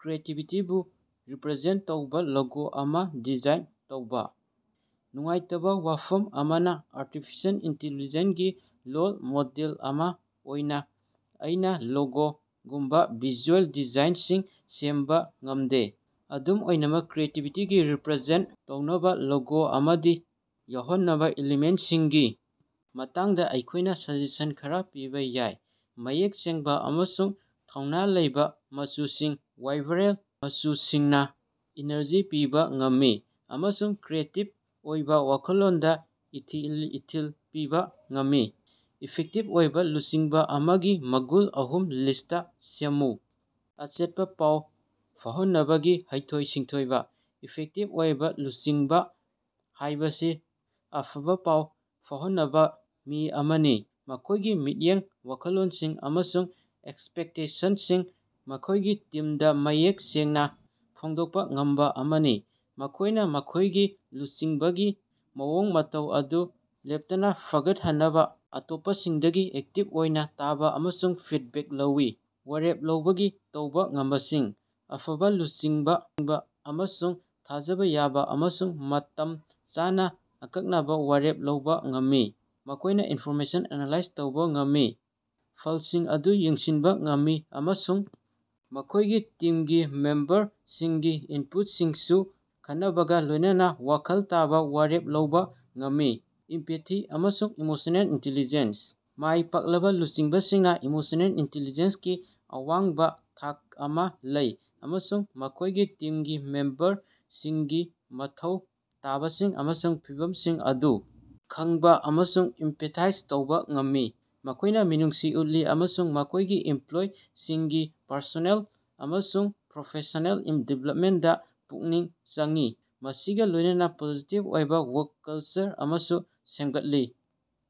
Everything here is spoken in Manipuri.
ꯀ꯭ꯔꯤꯌꯦꯇꯤꯕꯤꯇꯤꯕꯨ ꯔꯤꯄꯔꯖꯦꯟ ꯇꯧꯕ ꯂꯣꯒꯣ ꯑꯃ ꯗꯤꯖꯥꯏꯟ ꯇꯧꯕ꯫ ꯅꯨꯡꯉꯥꯏꯇꯕꯥ ꯋꯥꯐꯝ ꯑꯃꯅ ꯑꯔꯇꯤꯐꯤꯁꯦꯜ ꯏꯟꯇꯤꯂꯤꯖꯦꯟꯁ ꯒꯤ ꯂꯣꯜ ꯃꯣꯗꯦꯜ ꯑꯃ ꯑꯣꯏꯅ ꯑꯩꯍꯥꯛꯅ ꯂꯣꯒꯣꯒꯨꯝꯕꯥ ꯚꯤꯖꯨꯑꯦꯜ ꯗꯤꯖꯥꯏꯟꯁꯤꯡ ꯁꯦꯝꯕ ꯉꯝꯗꯦ꯫ ꯑꯗꯨꯝ ꯑꯣꯏꯅꯃꯛ, ꯀ꯭ꯔꯤꯌꯦꯇꯤꯕꯤꯇꯤ ꯔꯤꯄꯔꯖꯦꯟꯇ ꯇꯧꯅꯕ ꯂꯣꯒꯣ ꯑꯃꯗ ꯌꯥꯎꯍꯟꯅꯕ ꯌꯥꯕ ꯏꯂꯤꯃꯦꯟꯁꯤꯡꯒꯤ ꯃꯇꯥꯡꯗ ꯑꯩꯈꯣꯢꯅꯥ ꯁꯖꯦꯁꯟ ꯈꯔ ꯄꯤꯕ ꯌꯥꯏ: ꯃꯌꯦꯛ ꯁꯦꯡꯕꯥ ꯑꯃꯁꯨꯡ ꯊꯧꯅꯥ ꯂꯩꯕꯥ ꯃꯆꯨꯁꯤꯡ: ꯋꯥꯏꯕ꯭ꯔꯦꯟ ꯃꯆꯨꯁꯤꯡꯅꯥ ꯏꯅꯔꯖꯤ ꯄꯤꯕꯥ ꯉꯝꯃꯤ ꯑꯃꯁꯨꯡ ꯀ꯭ꯔꯤꯌꯦꯇꯤꯕ ꯑꯣꯏꯕ ꯋꯥꯈꯜꯂꯣꯟꯗ ꯏꯊꯤꯜ ꯄꯤꯕ ꯉꯝꯃꯤ꯫ ꯏꯐꯦꯛꯇꯤꯚ ꯑꯣꯏꯕ ꯂꯨꯆꯤꯡꯕ ꯑꯃꯒꯤ ꯃꯒꯨꯟ ꯑꯍꯨꯝꯒꯤ ꯂꯤꯁ ꯑꯃ ꯁꯦꯃꯃꯨ꯫ ꯑꯆꯦꯠꯄꯥ ꯄꯥꯎ ꯐꯥꯎꯍꯟꯅꯕꯒꯤ ꯍꯩꯊꯣꯏ-ꯁꯤꯡꯊꯣꯏꯕ: ꯏꯐꯦꯛꯇꯤꯕ ꯑꯣꯏꯕ ꯂꯨꯆꯤꯡꯕ ꯍꯥꯏꯕꯁꯤ ꯑꯐꯕ ꯄꯥꯎ ꯐꯥꯎꯍꯟꯅꯕ ꯃꯤꯑꯣꯏ ꯑꯃꯅꯤ, ꯃꯈꯣꯏꯒꯤ ꯃꯤꯠꯌꯦꯡ, ꯋꯥꯈꯜꯂꯣꯟꯁꯤꯡ ꯑꯃꯁꯨꯡ ꯑꯦꯛꯁꯄꯦꯛꯇꯦꯁꯟꯁꯤꯡ ꯃꯈꯣꯏꯒꯤ ꯇꯤꯝꯗ ꯃꯌꯦꯛ ꯁꯦꯡꯅ ꯐꯣꯡꯗꯣꯛꯄ ꯉꯝꯕ ꯑꯃꯅꯤ꯫ ꯃꯈꯣꯏꯅ ꯃꯈꯣꯏꯒꯤ ꯂꯨꯆꯤꯡꯕꯒꯤ ꯃꯑꯣꯡ ꯃꯇꯧ ꯑꯗꯨ ꯂꯦꯞꯇꯅꯥ ꯐꯒꯠꯍꯟꯅꯕꯥ ꯑꯇꯣꯞꯄꯁꯤꯡꯗꯒꯤ ꯑꯦꯛꯇꯤꯕ ꯑꯣꯏꯅ ꯇꯥꯕ ꯑꯃꯁꯨꯡ ꯐꯤꯠꯕꯦꯛ ꯂꯧꯏ꯫ ꯋꯥꯔꯦꯞ ꯂꯧꯕꯒꯤ ꯇꯧꯕ ꯉꯝꯕꯁꯤꯡ: ꯑꯐꯕ ꯂꯨꯆꯤꯡꯕ ꯑꯃꯅ ꯊꯥꯖꯕ ꯌꯥꯕ ꯑꯃꯁꯨꯡ ꯃꯇꯝ ꯆꯥꯅ ꯑꯀꯛꯅꯕ ꯋꯥꯔꯦꯞ ꯂꯧꯕ ꯉꯝꯃꯤ꯫ ꯃꯈꯣꯏꯅ ꯏꯟꯐꯣꯔꯃꯦꯁꯟ ꯑꯦꯅꯥꯂꯥꯏꯖ ꯇꯧꯕ ꯉꯝꯃꯤ, ꯐꯜꯁꯤꯡ ꯑꯗꯨ ꯌꯦꯡꯁꯤꯟꯕ ꯉꯝꯃꯤ ꯑꯃꯁꯨꯡ ꯃꯈꯣꯏꯒꯤ ꯇꯤꯝꯒꯤ ꯃꯦꯝꯕꯔꯁꯤꯡꯒꯤ ꯏꯟꯄꯨꯠꯁꯤꯡꯁꯨ ꯈꯟꯅꯕꯒꯥ ꯂꯣꯏꯅꯅ ꯋꯥꯈꯜ ꯇꯥꯕ ꯋꯥꯔꯦꯞ ꯂꯧꯕ ꯉꯝꯃꯤ꯫ ꯏꯝꯄꯥꯊꯤ ꯑꯃꯁꯨꯡ ꯏꯃꯣꯁꯅꯦꯜ ꯏꯟꯇꯦꯂꯤꯖꯦꯟꯁ: ꯃꯥꯏ ꯄꯥꯛꯂꯕ ꯂꯨꯆꯤꯡꯕꯁꯤꯡꯅ ꯏꯃꯣꯁꯅꯦꯜ ꯏꯟꯇꯦꯂꯤꯖꯦꯟꯁꯀꯤ ꯑꯋꯥꯡꯕ ꯊꯥꯛ ꯑꯃ ꯂꯩ ꯑꯃꯁꯨꯡ ꯃꯈꯣꯏꯒꯤ ꯇꯤꯝꯒꯤ ꯃꯦꯝꯕꯔꯁꯤꯡꯒꯤ ꯃꯊꯧ ꯇꯥꯕꯁꯤꯡ ꯑꯃꯁꯨꯡ ꯐꯤꯚꯝꯁꯤꯡ ꯑꯗꯨ ꯈꯪꯕꯥ ꯑꯃꯁꯨꯡ ꯏꯝꯄꯥꯇꯤꯖ ꯇꯧꯕ ꯉꯝꯃꯤ꯫ ꯃꯈꯣꯏꯅ ꯃꯤꯅꯨꯡꯁꯤ ꯎꯠꯂꯤ ꯑꯃꯁꯨꯡ ꯃꯈꯣꯏꯒꯤ ꯏꯝꯄꯂꯣꯌꯤꯁꯤꯡꯒꯤ ꯄꯔꯁꯣꯅꯦꯜ ꯑꯃꯁꯨꯡ ꯄ꯭ꯔꯣꯐꯦꯁ꯭ꯅꯦꯜ ꯗꯤꯕꯦꯂꯞꯃꯦꯟꯗꯥ ꯄꯨꯛꯅꯤꯡ ꯆꯪꯏ, ꯃꯁꯤꯒꯥ ꯂꯣꯏꯅꯅꯥ ꯄꯣꯖꯤꯇꯤꯕ ꯑꯣꯏꯕ ꯋꯥꯔꯛ ꯀꯜꯆꯔ ꯑꯃꯁꯨ ꯁꯦꯝꯒꯠꯂꯤ꯫